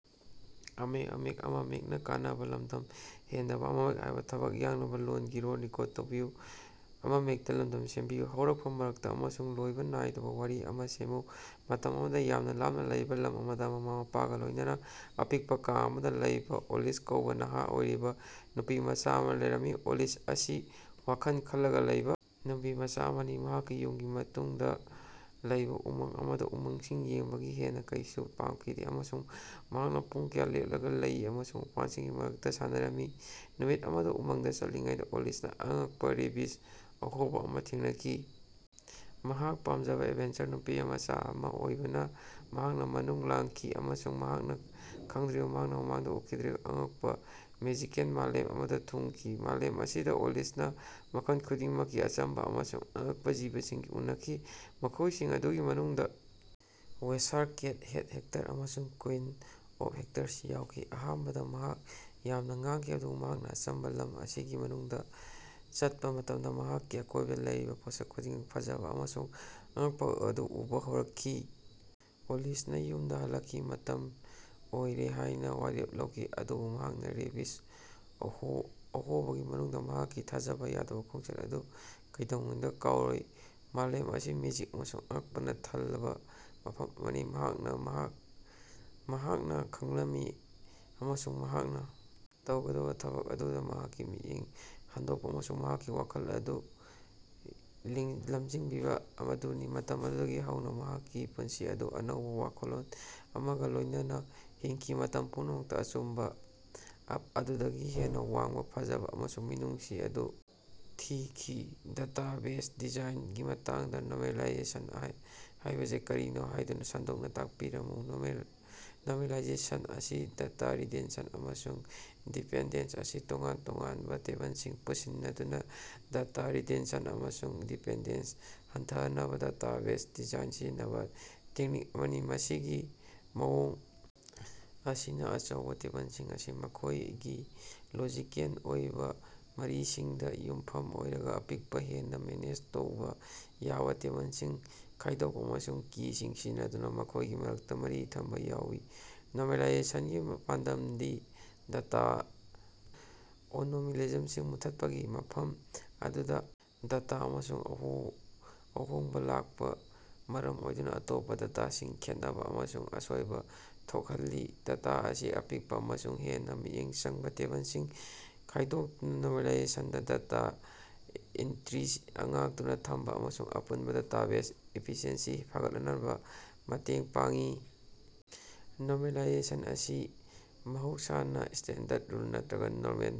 ꯍꯧꯔꯛꯐꯝ ꯃꯔꯛꯇ ꯑꯃꯁꯨꯡ ꯂꯣꯏꯕ ꯅꯥꯏꯗꯕ ꯋꯥꯔꯤ ꯑꯃ ꯁꯦꯝꯃꯨ꯫ ꯃꯇꯝ ꯑꯃꯗ ꯌꯥꯝꯅ ꯂꯥꯞꯅ ꯂꯩꯕ ꯂꯝ ꯑꯃꯗ ꯃꯃꯥ-ꯃꯄꯥꯒ ꯂꯣꯢꯅꯅꯥ ꯑꯄꯤꯛꯄꯥ ꯀꯥ ꯑꯃꯗ ꯂꯩꯕꯥ ꯑꯦꯂꯤꯁ ꯀꯧꯕꯥ ꯅꯍꯥ ꯑꯣꯏꯔꯤꯕ ꯅꯨꯄꯤꯃꯆꯥ ꯑꯃ ꯂꯩꯔꯝꯃꯤ꯫ ꯑꯦꯂꯤꯁ ꯑꯁꯤ ꯋꯥꯈꯜ ꯈꯜꯂꯒ ꯂꯩꯕ ꯅꯨꯄꯤꯃꯆꯥ ꯑꯃꯅꯤ ꯃꯍꯥꯛꯀꯤ ꯌꯨꯝꯒꯤ ꯃꯇꯨꯡꯗ ꯂꯩꯕꯥ ꯎꯃꯪ ꯑꯃꯁꯨꯡ ꯎꯃꯪꯁꯤꯡ ꯌꯦꯡꯕꯗꯒꯤ ꯍꯦꯟꯅ ꯀꯔꯤꯁꯨ ꯄꯥꯝꯈꯤꯗꯦ ꯑꯃꯁꯨꯡ ꯃꯍꯥꯛꯅ ꯄꯨꯡ ꯀꯌꯥ ꯂꯦꯞꯂꯒ ꯂꯩ ꯑꯃꯁꯨꯡ ꯎꯄꯥꯜꯁꯤꯡꯒꯤ ꯃꯔꯛꯇ ꯁꯥꯟꯅꯔꯝꯃꯤ꯫ ꯅꯨꯃꯤꯠ ꯑꯃꯗ ꯎꯃꯪꯗ ꯆꯠꯂꯤꯉꯩꯗ ꯑꯦꯂꯤꯁꯅ ꯑꯉꯛꯄ ꯔꯦꯕꯤꯖ ꯑꯍꯣꯕ ꯑꯃ ꯊꯦꯡꯅꯈꯤ꯫ ꯃꯍꯥꯛ ꯄꯥꯝꯖꯕ ꯑꯦꯗꯚꯦꯟꯆꯔ ꯅꯨꯄꯤꯃꯆꯥ ꯑꯃ ꯑꯣꯏꯕꯅ ꯃꯍꯥꯛ ꯃꯅꯨꯡꯗ ꯂꯥꯛꯈꯤ ꯑꯃꯁꯨꯡ ꯃꯍꯥꯛꯅ ꯈꯡꯗ꯭ꯔꯤꯕ ꯃꯍꯥꯛꯅ ꯃꯃꯥꯡꯗ ꯎꯈꯤꯗ꯭ꯔꯤꯕ ꯑꯉꯛꯄꯥ ꯃꯦꯖꯤꯀꯦꯜ ꯃꯥꯂꯦꯝ ꯑꯃꯗ ꯊꯨꯡꯂꯈꯤ꯫ ꯃꯥꯂꯦꯝ ꯑꯁꯤꯗ ꯑꯦꯂꯤꯁꯅ ꯃꯈꯜ ꯈꯨꯗꯤꯡꯃꯛꯀꯤ ꯑꯆꯝꯕ ꯑꯃꯁꯨꯡ ꯑꯉꯛꯄ ꯖꯤꯕꯁꯤꯡꯒꯥ ꯎꯅꯈꯤ ꯃꯈꯣꯢꯁꯤꯡ ꯑꯗꯨꯒꯤ ꯃꯅꯨꯡꯗ ꯆꯦꯁꯥꯔ ꯀꯦꯠ, ꯃꯦꯗ ꯍꯦꯇꯔ ꯑꯃꯁꯨꯡ ꯀꯨꯏꯟ ꯑꯣꯐ ꯍꯥꯔꯇꯁ ꯌꯥꯎꯔꯤ꯫ ꯑꯍꯥꯟꯕꯗ ꯃꯍꯥꯛ ꯌꯥꯝꯅ ꯉꯛꯈꯤ ꯑꯗꯨꯕꯨ ꯃꯍꯥꯛꯅ ꯑꯆꯝꯕꯥ ꯂꯝ ꯑꯁꯤꯒꯤ ꯃꯅꯨꯡꯗ ꯆꯠꯄꯥ ꯃꯇꯝꯗ ꯃꯍꯥꯛꯀꯤ ꯑꯀꯣꯢꯕꯗ ꯂꯩꯔꯤꯕ ꯄꯣꯠ ꯈꯨꯗꯤꯡꯃꯛꯇ ꯐꯖꯕ ꯑꯃꯁꯨꯡ ꯑꯉꯛꯄ ꯑꯗꯨ ꯎꯕ ꯍꯧꯔꯛꯈꯤ꯫ ꯂꯣꯏꯁꯤꯜꯂꯛꯄꯗ ꯑꯦꯂꯤꯁꯅ ꯌꯨꯝꯗ ꯍꯜꯂꯛꯄꯒꯤ ꯃꯇꯝ ꯑꯣꯏꯔꯦ ꯍꯥꯢꯅ ꯋꯥꯔꯦꯞ ꯂꯧꯈꯤ ꯑꯗꯨꯕꯨ ꯃꯍꯥꯛꯅ ꯔꯦꯕꯤꯖ ꯑꯍꯣꯕꯒꯤ ꯃꯅꯨꯡꯗ ꯃꯍꯥꯛꯀꯤ ꯊꯥꯖꯕ ꯌꯥꯗꯕ ꯈꯣꯡꯆꯠ ꯑꯗꯨ ꯀꯩꯗꯧꯉꯩꯗꯁꯨ ꯀꯥꯎꯔꯣꯏ꯫ ꯃꯥꯂꯦꯝ ꯑꯁꯤ ꯃꯦꯖꯤꯛ ꯑꯃꯁꯨꯡ ꯑꯉꯛꯄꯅ ꯊꯜꯂꯕ ꯃꯐꯝ ꯑꯃꯅꯤ ꯍꯥꯢꯕ ꯃꯍꯥꯛꯅ ꯈꯪꯂꯝꯏ ꯑꯃꯁꯨꯡ ꯃꯍꯥꯛꯅ ꯇꯧꯒꯗꯕ ꯊꯕꯛ ꯑꯗꯨꯗꯤ ꯃꯍꯥꯛꯀꯤ ꯃꯤꯠꯌꯦꯡ ꯍꯥꯡꯗꯣꯛꯄ ꯑꯃꯁꯨꯡ ꯃꯍꯥꯛꯀꯤ ꯋꯥꯈꯜ ꯑꯗꯨ ꯂꯝꯖꯤꯡꯕꯤꯕ ꯑꯗꯨꯅꯤ꯫ ꯃꯇꯝ ꯑꯗꯨꯗꯒꯤ ꯍꯧꯅ ꯃꯍꯥꯛꯀꯤ ꯄꯨꯟꯁꯤ ꯑꯗꯨ ꯑꯅꯧꯕ ꯋꯥꯈꯜꯂꯣꯟ ꯑꯃꯒ ꯂꯣꯢꯅꯅꯥ ꯍꯤꯡꯈꯤ ꯃꯇꯝ ꯄꯨꯝꯅꯃꯛꯇ ꯑꯆꯝꯕ ꯑꯗꯨꯗꯒꯤ ꯍꯦꯟꯅ ꯋꯥꯡꯕ ꯐꯖꯕ ꯑꯃꯁꯨꯡ ꯃꯤꯅꯨꯡꯁꯤ ꯑꯗꯨ ꯊꯤꯈꯤ꯫ ꯗꯦꯇꯥꯕꯦꯖ ꯗꯤꯖꯥꯏꯟꯒꯤ ꯃꯇꯥꯡꯗ ꯅꯣꯔꯃꯦꯂꯥꯏꯖꯦꯁꯟ ꯍꯥꯢꯕꯁꯤ ꯀꯔꯤꯅꯣ ꯍꯥꯢꯕꯗꯨ ꯁꯟꯗꯣꯛꯅ ꯇꯥꯛꯄꯤꯌꯨ꯫ ꯅꯣꯔꯃꯦꯂꯥꯏꯖꯦꯁꯟ ꯑꯁꯤ ꯗꯦꯇꯥ ꯔꯤꯗꯟꯗꯦꯟꯁꯤ ꯑꯃꯁꯨꯡ ꯗꯤꯄꯦꯟꯗꯦꯟꯁ ꯑꯁꯤ ꯇꯣꯉꯥꯟ ꯇꯣꯉꯥꯟꯕ ꯇꯦꯕꯜꯁꯤꯡꯗ ꯄꯨꯟꯁꯤꯟꯗꯨꯅ ꯗꯦꯇꯥ ꯔꯤꯗꯟꯗꯦꯟꯁꯤ ꯑꯃꯁꯨꯡ ꯗꯤꯄꯦꯟꯗꯦꯟꯁ ꯍꯟꯊꯍꯟꯅꯕ ꯗꯦꯇꯥꯕꯦꯖ ꯗꯤꯖꯥꯏꯟꯗ ꯁꯤꯖꯤꯟꯅꯕ ꯇꯦꯛꯅꯤꯛ ꯑꯃꯅꯤ꯫ ꯃꯁꯤꯒꯤ ꯃꯑꯣꯡ ꯑꯁꯤꯅ ꯑꯆꯧꯕꯥ ꯇꯦꯕꯜꯁꯤꯡ ꯑꯁꯤ ꯃꯈꯣꯢꯒꯤ ꯂꯣꯖꯤꯀꯦꯜ ꯑꯣꯏꯕ ꯃꯔꯤꯁꯤꯡꯗ ꯌꯨꯝꯐꯝ ꯑꯣꯏꯔꯒ ꯑꯄꯤꯛꯄ ꯍꯦꯟꯅ ꯃꯦꯅꯦꯖ ꯇꯧꯕꯥ ꯌꯥꯕ ꯇꯦꯕꯜꯁꯤꯡꯗ ꯈꯥꯢꯗꯣꯛꯄ ꯑꯃꯁꯨꯡ ꯀꯤ ꯁꯤꯡ ꯁꯤꯖꯤꯟꯅꯗꯨꯅ ꯃꯈꯣꯢꯒꯤ ꯃꯔꯛꯇ ꯃꯔꯤ ꯊꯝꯕ ꯌꯥꯎꯏ꯫ ꯅꯣꯔꯃꯦꯂꯥꯏꯖꯦꯁꯟꯒꯤ ꯄꯥꯟꯗꯝꯗꯤ ꯗꯦꯇꯥ ꯑꯦꯅꯣꯃꯦꯂꯤꯖꯝꯁꯤꯡ ꯃꯨꯠꯊꯠꯄꯅꯤ ꯃꯐꯝ ꯑꯗꯨꯗ ꯗꯇꯥ ꯑꯃꯗ ꯑꯍꯣꯡꯕ ꯂꯥꯛꯄꯅ ꯃꯔꯝ ꯑꯣꯏꯗꯨꯅ ꯑꯇꯣꯞꯄ ꯗꯇꯥꯁꯤꯡꯗ ꯈꯦꯠꯅꯕ ꯑꯃꯁꯨꯡ ꯑꯁꯣꯏꯕ ꯊꯣꯛꯍꯜꯂꯤ꯫ ꯗꯦꯇꯥ ꯑꯁꯤ ꯑꯄꯤꯛꯄ ꯑꯃꯁꯨꯡ ꯍꯦꯟꯅ ꯃꯤꯠꯌꯦꯡ ꯆꯪꯕ ꯇꯦꯕꯜꯁꯤꯡꯗ ꯈꯥꯢꯗꯣꯛꯇꯨꯅ ꯅꯣꯔꯃꯦꯂꯥꯏꯖꯦꯁꯟꯅ ꯗꯦꯇꯥ ꯏꯟꯇꯤꯒ꯭ꯔꯤꯇꯤ ꯉꯥꯛꯇꯨꯅ ꯊꯝꯕꯗ ꯑꯃꯁꯨꯡ ꯑꯄꯨꯟꯕ ꯗꯦꯇꯥꯕꯦꯖ ꯏꯐꯤꯁꯤꯑꯦꯟꯁꯤ ꯐꯒꯠꯍꯟꯕꯗ ꯃꯇꯦꯡ ꯄꯥꯡꯏ꯫ ꯅꯣꯔꯃꯦꯂꯥꯏꯖꯦꯁꯟ ꯑꯁꯤ ꯃꯍꯧꯁꯥꯅ ꯁ꯭ꯇꯦꯟꯗꯔꯗ ꯔꯨꯜ ꯅꯠꯇ꯭ꯔꯒ ꯅꯣꯔꯃꯦꯜ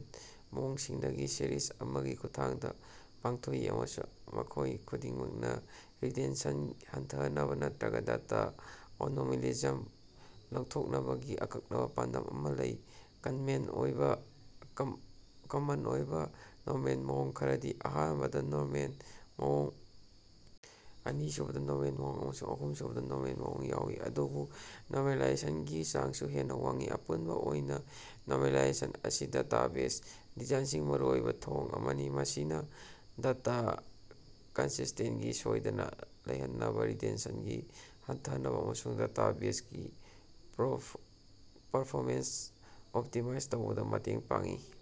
ꯃꯑꯣꯡ ꯁꯤꯡꯒꯤ ꯁꯤꯔꯤꯖ ꯑꯃꯒꯤ ꯈꯨꯠꯊꯥꯡꯗ ꯄꯥꯡꯊꯣꯛꯏ ꯃꯈꯣꯢ ꯈꯨꯗꯤꯡꯃꯛꯅ ꯔꯤꯗꯟꯗꯦꯟꯁꯤ ꯍꯟꯊꯍꯟꯕ ꯅꯠꯇ꯭ꯔꯒ ꯗꯦꯇꯥ ꯑꯦꯅꯣꯃꯦꯂꯤꯖꯝꯁꯤꯡ ꯂꯧꯊꯣꯛꯅꯕꯒꯤ ꯑꯀꯛꯅꯕ ꯄꯥꯟꯗꯝ ꯑꯃꯥ ꯂꯩ꯫ ꯀꯃꯟ ꯑꯣꯏꯕ ꯅꯣꯔꯃꯦꯜ ꯃꯑꯣꯡ ꯈꯔꯗꯤ ꯑꯍꯥꯟꯕ ꯅꯣꯔꯃꯦꯜ ꯃꯑꯣꯡ ꯑꯅꯤꯁꯨꯕ ꯅꯣꯔꯃꯦꯜ ꯃꯑꯣꯡ ꯑꯃꯁꯨꯡ ꯑꯍꯨꯝꯁꯨꯕ ꯅꯣꯔꯃꯦꯜ ꯃꯑꯣꯡ ꯌꯥꯎꯏ ꯑꯗꯨꯕꯨ ꯅꯣꯔꯃꯦꯂꯥꯏꯖꯦꯁꯟꯒꯤ ꯆꯥꯡꯁꯨ ꯍꯦꯟꯅ ꯋꯥꯡꯏ꯫ ꯑꯄꯨꯟꯕ ꯑꯣꯏꯅ ꯅꯣꯔꯃꯦꯂꯥꯏꯖꯦꯁꯟ ꯑꯁꯤ ꯗꯦꯇꯥꯕꯦꯖ ꯗꯤꯖꯥꯏꯟꯗ ꯃꯔꯨꯑꯣꯏꯕ ꯊꯧꯑꯣꯡ ꯑꯃꯅꯤ ꯃꯁꯤꯅ ꯗꯦꯇꯥ ꯀꯟꯁꯤꯁꯇꯦꯟꯁꯤ ꯁꯣꯢꯗꯅ ꯂꯩꯍꯟꯕꯗ ꯔꯤꯗꯟꯗꯦꯟꯁꯤ ꯍꯟꯊꯍꯟꯕꯗ ꯑꯃꯁꯨꯡ ꯗꯦꯇꯥꯕꯦꯖꯒꯤ ꯄꯔꯐꯣꯃꯦꯟꯁ ꯑꯣꯞꯇꯤꯃꯥꯏꯖ ꯇꯧꯕꯗ ꯃꯇꯦꯡ ꯄꯥꯡꯏ꯫